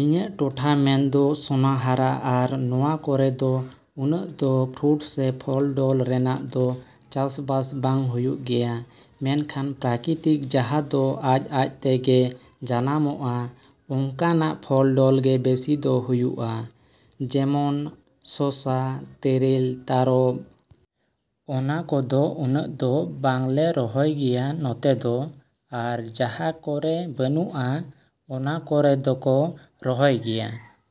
ᱤᱧᱟᱹᱜ ᱴᱚᱴᱷᱟ ᱢᱮᱱᱫᱚ ᱥᱳᱱᱟᱦᱟᱨᱟ ᱟᱨ ᱱᱚᱣᱟ ᱠᱚᱨᱮ ᱫᱚ ᱩᱱᱟᱹᱜ ᱫᱚ ᱯᱷᱨᱩᱴᱥ ᱥᱮ ᱯᱷᱚᱞᱼᱰᱚᱞ ᱨᱮᱱᱟᱜ ᱫᱚ ᱪᱟᱥᱵᱟᱥ ᱵᱟᱝ ᱦᱩᱭᱩᱜ ᱜᱮᱭᱟ, ᱢᱮᱱᱠᱷᱟᱱ ᱯᱨᱟᱠᱨᱤᱛᱤᱠ ᱡᱟᱦᱟᱸ ᱫᱚ ᱟᱡᱼᱟᱡ ᱛᱮᱜᱮ ᱡᱟᱱᱟᱢᱚᱜᱼᱟ ᱚᱝᱠᱟᱱᱟᱜ ᱯᱷᱚᱞᱼᱰᱚᱞ ᱜᱮ ᱵᱮᱥᱤ ᱫᱚ ᱦᱩᱭᱩᱜᱼᱟ, ᱡᱮᱢᱚᱱ ᱥᱚᱥᱚ, ᱛᱮᱨᱮᱞ, ᱛᱟᱨᱚᱵᱽ᱾ ᱚᱱᱟ ᱠᱚᱫᱚ ᱩᱱᱟᱹᱜ ᱫᱚ ᱵᱟᱝ ᱞᱮ ᱨᱚᱦᱚᱭ ᱜᱮᱭᱟ ᱱᱚᱛᱮ ᱫᱚ ᱟᱨ ᱡᱟᱦᱟᱸ ᱠᱚᱨᱮ ᱵᱟᱹᱱᱩᱜᱼᱟ ᱚᱱᱟ ᱠᱚᱨᱮ ᱫᱚᱠᱚ ᱨᱚᱦᱚᱭ ᱜᱮᱭᱟ᱾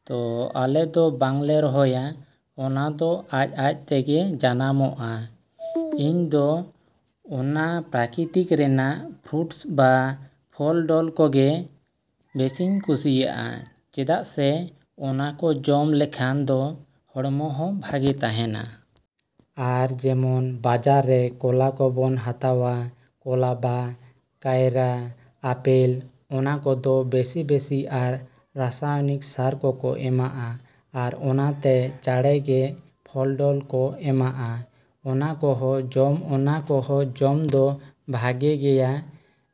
ᱛᱚ ᱟᱞᱮ ᱫᱚ ᱵᱟᱝ ᱞᱮ ᱨᱚᱦᱚᱭᱟ, ᱚᱱᱟ ᱫᱚ ᱟᱡᱼᱟᱡ ᱛᱮᱜᱮ ᱡᱟᱱᱟᱢᱚᱜᱼᱟ᱾ ᱤᱧ ᱫᱚ ᱚᱱᱟ ᱯᱨᱟᱠᱨᱤᱛᱤᱠ ᱨᱮᱱᱟᱜ ᱯᱷᱨᱩᱴᱥ ᱵᱟ ᱯᱷᱚᱞᱼᱰᱚᱞ ᱠᱚᱜᱮ ᱵᱮᱥᱤᱧ ᱠᱩᱥᱤᱭᱟᱜᱼᱟ ᱪᱮᱫᱟᱜ ᱥᱮ ᱚᱱᱟ ᱠᱚ ᱡᱚᱢ ᱞᱮᱠᱷᱟᱱ ᱫᱚ ᱦᱚᱲᱢᱚ ᱦᱚᱸ ᱵᱷᱟᱜᱮ ᱛᱟᱦᱮᱱᱟ᱾ ᱟᱨ ᱡᱮᱢᱚᱱ ᱵᱟᱡᱟᱨ ᱨᱮ ᱠᱚᱞᱟ ᱠᱚ ᱵᱚᱱ ᱦᱟᱛᱟᱣᱟ, ᱠᱚᱞᱟ ᱵᱟ ᱠᱟᱭᱨᱟ, ᱟᱯᱮᱞ ᱚᱱᱟ ᱠᱚᱫᱚ ᱵᱮᱥᱤᱼᱵᱮᱥᱤ ᱟᱨ ᱨᱟᱥᱟᱭᱱᱤᱠ ᱥᱟᱨ ᱠᱚᱠᱚ ᱮᱢᱟᱜᱼᱟ ᱟᱨ ᱚᱱᱟᱛᱮ ᱪᱟᱬᱮ ᱜᱮ ᱯᱷᱚᱞᱼᱰᱚᱞ ᱠᱚ ᱮᱢᱟᱜᱼᱟ᱾ ᱚᱱᱟ ᱠᱚᱦᱚᱸ ᱡᱚᱢ ᱚᱱᱟ ᱠᱚᱦᱚᱸ ᱡᱚᱢ ᱫᱚ ᱵᱷᱟᱜᱮ ᱜᱮᱭᱟ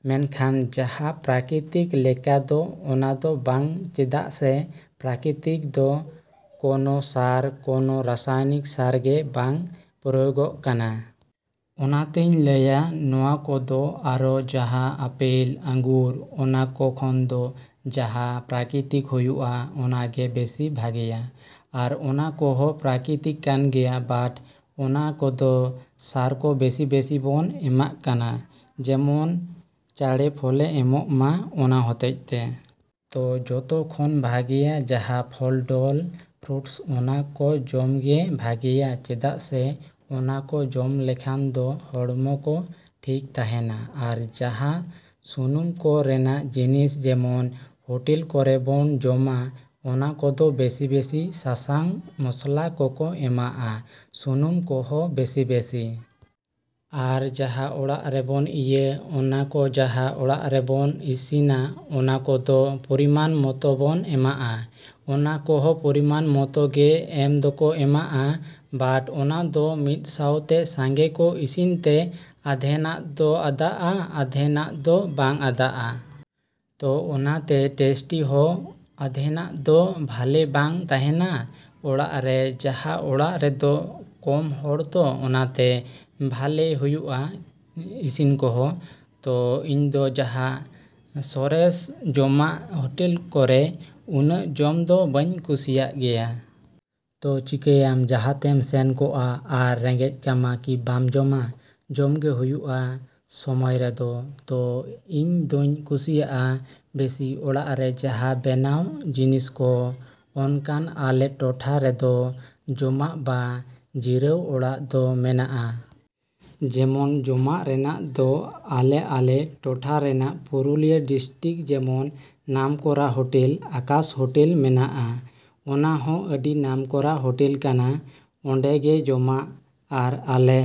ᱢᱮᱱᱠᱷᱟᱱ ᱡᱟᱦᱟᱸ ᱯᱨᱟᱠᱨᱤᱛᱤᱠ ᱞᱮᱠᱟ ᱫᱚ ᱚᱱᱟ ᱫᱚ ᱵᱟᱝ ᱪᱮᱫᱟᱜ ᱥᱮ ᱯᱨᱟᱠᱨᱤᱛᱤᱠ ᱫᱚ ᱠᱚᱱᱚ ᱥᱟᱨ, ᱠᱚᱱᱚ ᱨᱟᱥᱟᱭᱱᱤᱠ ᱥᱟᱨ ᱜᱮ ᱵᱟᱝ ᱯᱨᱚᱭᱚᱜᱚᱜ ᱠᱟᱱᱟ᱾ ᱚᱱᱟᱛᱮᱧ ᱞᱟᱹᱭᱟ ᱱᱚᱣᱟ ᱠᱚᱫᱚ ᱟᱨᱚ ᱡᱟᱦᱟᱸ ᱟᱯᱮᱞ, ᱟᱝᱜᱩᱨ ᱚᱱᱟ ᱠᱚ ᱠᱷᱚᱱ ᱫᱚ ᱡᱟᱦᱟᱸ ᱯᱨᱟᱠᱨᱤᱛᱤᱠ ᱦᱩᱭᱩᱜᱼᱟ ᱚᱱᱟ ᱜᱮ ᱵᱮᱥᱤ ᱵᱷᱟᱜᱮᱭᱟ᱾ ᱟᱨ ᱚᱱᱟ ᱠᱚᱦᱚᱸ ᱯᱨᱟᱠᱨᱤᱛᱤᱠ ᱠᱟᱱ ᱜᱮᱭᱟ ᱵᱟᱴ ᱚᱱᱟ ᱠᱚᱫᱚ ᱥᱟᱨ ᱠᱚ ᱵᱮᱥᱤᱼᱵᱮᱥᱤ ᱵᱚᱱ ᱮᱢᱟᱜ ᱠᱟᱱᱟ ᱡᱮᱢᱚᱱ ᱪᱟᱬᱮ ᱯᱷᱚᱞᱮ ᱮᱢᱚᱜ ᱢᱟ ᱚᱱᱟ ᱦᱚᱛᱮᱡ ᱛᱮ᱾ ᱛᱚ ᱡᱚᱛᱚ ᱠᱷᱚᱱ ᱵᱷᱟᱜᱮᱭᱟ ᱡᱟᱦᱟᱸ ᱯᱷᱚᱞᱼᱰᱚᱞ, ᱯᱷᱨᱩᱴᱥ ᱚᱱᱟ ᱠᱚ ᱡᱚᱢ ᱜᱮ ᱵᱷᱟᱜᱮᱭᱟ ᱪᱮᱫᱟᱜ ᱥᱮ ᱚᱱᱟ ᱠᱚ ᱡᱚᱢ ᱞᱮᱠᱷᱟᱱ ᱫᱚ ᱦᱚᱲᱢᱚ ᱠᱚ ᱴᱷᱤᱠ ᱛᱟᱦᱮᱱᱟ᱾ ᱟᱨ ᱡᱟᱦᱟᱸ ᱥᱩᱱᱩᱢ ᱠᱚ ᱨᱮᱱᱟᱜ ᱡᱤᱱᱤᱥ ᱡᱮᱢᱚᱱ ᱦᱚᱴᱮᱞ ᱠᱚᱨᱮ ᱵᱚᱱ ᱡᱚᱢᱟ ᱚᱱᱟ ᱠᱚᱫᱚ ᱵᱮᱥᱤᱼᱵᱮᱥᱤ ᱥᱟᱥᱟᱝ ᱢᱚᱥᱞᱟ ᱠᱚᱠᱚ ᱮᱢᱟᱜᱼᱟ, ᱥᱩᱱᱩᱢ ᱠᱚᱦᱚᱸ ᱵᱮᱥᱤᱼᱵᱮᱥᱤ᱾ ᱟᱨ ᱡᱟᱦᱟᱸ ᱚᱲᱟᱜ ᱨᱮ ᱵᱚᱱ ᱤᱭᱟᱹ ᱚᱱᱟ ᱠᱚ ᱡᱟᱦᱟᱸ ᱚᱲᱟᱜ ᱨᱮ ᱵᱚᱱ ᱤᱥᱤᱱᱟ ᱚᱱᱟ ᱠᱚᱫᱚ ᱯᱚᱨᱤᱢᱟᱱ ᱢᱚᱛᱚ ᱵᱚᱱ ᱮᱢᱟᱜᱼᱟ᱾ ᱚᱱᱟ ᱠᱚᱦᱚᱸ ᱯᱚᱨᱤᱢᱟᱱ ᱢᱚᱛᱚ ᱜᱮ ᱮᱢ ᱫᱚᱠᱚ ᱮᱢᱟᱜᱼᱟ ᱵᱟᱴ ᱚᱱᱟ ᱠᱚᱫᱚ ᱢᱤᱫ ᱥᱟᱶᱛᱮ ᱥᱟᱸᱜᱮ ᱠᱚ ᱤᱥᱤᱱ ᱛᱮ ᱟᱫᱷᱮᱱᱟᱜ ᱫᱚ ᱟᱫᱟᱜᱼᱟ, ᱟᱫᱷᱮᱱᱟᱜ ᱫᱚ ᱵᱟᱝ ᱟᱫᱟᱜᱼᱟ᱾ ᱛᱚ ᱚᱱᱟᱛᱮ ᱴᱮᱥᱴᱤ ᱦᱚᱸ ᱟᱫᱷᱮᱱᱟᱜ ᱫᱚ ᱵᱷᱟᱞᱮ ᱵᱟᱝ ᱛᱟᱦᱮᱱᱟ᱾ ᱚᱲᱟᱜ ᱨᱮ ᱡᱟᱦᱟᱸ ᱚᱲᱟᱜ ᱨᱮᱫᱚ ᱠᱚᱢ ᱦᱚᱲ ᱛᱚ ᱚᱱᱟᱛᱮ ᱵᱷᱟᱞᱮ ᱦᱩᱭᱩᱜᱼᱟ ᱤᱥᱤᱱ ᱠᱚᱦᱚᱸ᱾ ᱛᱚ ᱤᱧ ᱫᱚ ᱡᱟᱱᱟᱸ ᱥᱚᱨᱮᱥ ᱡᱚᱢᱟᱜ ᱦᱚᱴᱮᱞ ᱠᱚᱨᱮ ᱩᱱᱟᱹᱜ ᱡᱚᱢ ᱫᱚ ᱵᱟᱹᱧ ᱠᱩᱥᱤᱭᱟᱜ ᱜᱮᱭᱟ᱾ ᱛᱚ ᱪᱤᱠᱟᱭᱟᱢ ᱡᱟᱦᱟᱸ ᱛᱮᱢ ᱥᱮᱱ ᱠᱚᱜᱼᱟ ᱟᱨ ᱨᱮᱸᱜᱮᱡ ᱠᱟᱢᱟ ᱠᱤ ᱵᱟᱢ ᱡᱚᱢᱟ? ᱡᱚᱢ ᱜᱮ ᱦᱩᱭᱩᱜᱼᱟ ᱥᱚᱢᱚᱭ ᱨᱮᱫᱚ᱾ ᱛᱚ ᱤᱧ ᱫᱚᱧ ᱠᱩᱥᱤᱭᱟᱜᱼᱟ ᱵᱮᱥᱤ ᱚᱲᱟᱜ ᱨᱮ ᱡᱟᱦᱟᱸ ᱵᱮᱱᱟᱣ ᱡᱤᱱᱤᱥ ᱠᱚ᱾ ᱚᱱᱠᱟᱱ ᱟᱞᱮ ᱴᱚᱴᱷᱟ ᱨᱮᱫᱚ ᱡᱚᱢᱟᱜ ᱵᱟ ᱡᱤᱨᱟᱹᱣ ᱚᱲᱟᱜ ᱫᱚ ᱢᱮᱱᱟᱜᱼᱟ᱾ ᱡᱮᱢᱚᱱ ᱡᱚᱢᱟᱜ ᱨᱮᱱᱟᱜ ᱫᱚ ᱟᱞᱮ ᱟᱞᱮ ᱴᱚᱴᱷᱟ ᱨᱮᱱᱟᱜ ᱯᱩᱨᱩᱞᱤᱭᱟᱹ ᱰᱤᱥᱴᱨᱤᱠ ᱡᱮᱢᱚᱱ ᱱᱟᱢᱠᱚᱨᱟ ᱦᱚᱴᱮᱞ ᱟᱠᱟᱥ ᱦᱚᱴᱮᱞ ᱢᱮᱱᱟᱜᱼᱟ, ᱚᱱᱟ ᱦᱚᱸ ᱟᱹᱰᱤ ᱱᱟᱢᱠᱚᱨᱟ ᱦᱚᱴᱮᱞ ᱠᱟᱱᱟ, ᱚᱸᱰᱮ ᱜᱮ ᱡᱚᱢᱟᱜ᱾ ᱟᱨ ᱟᱞᱮ᱾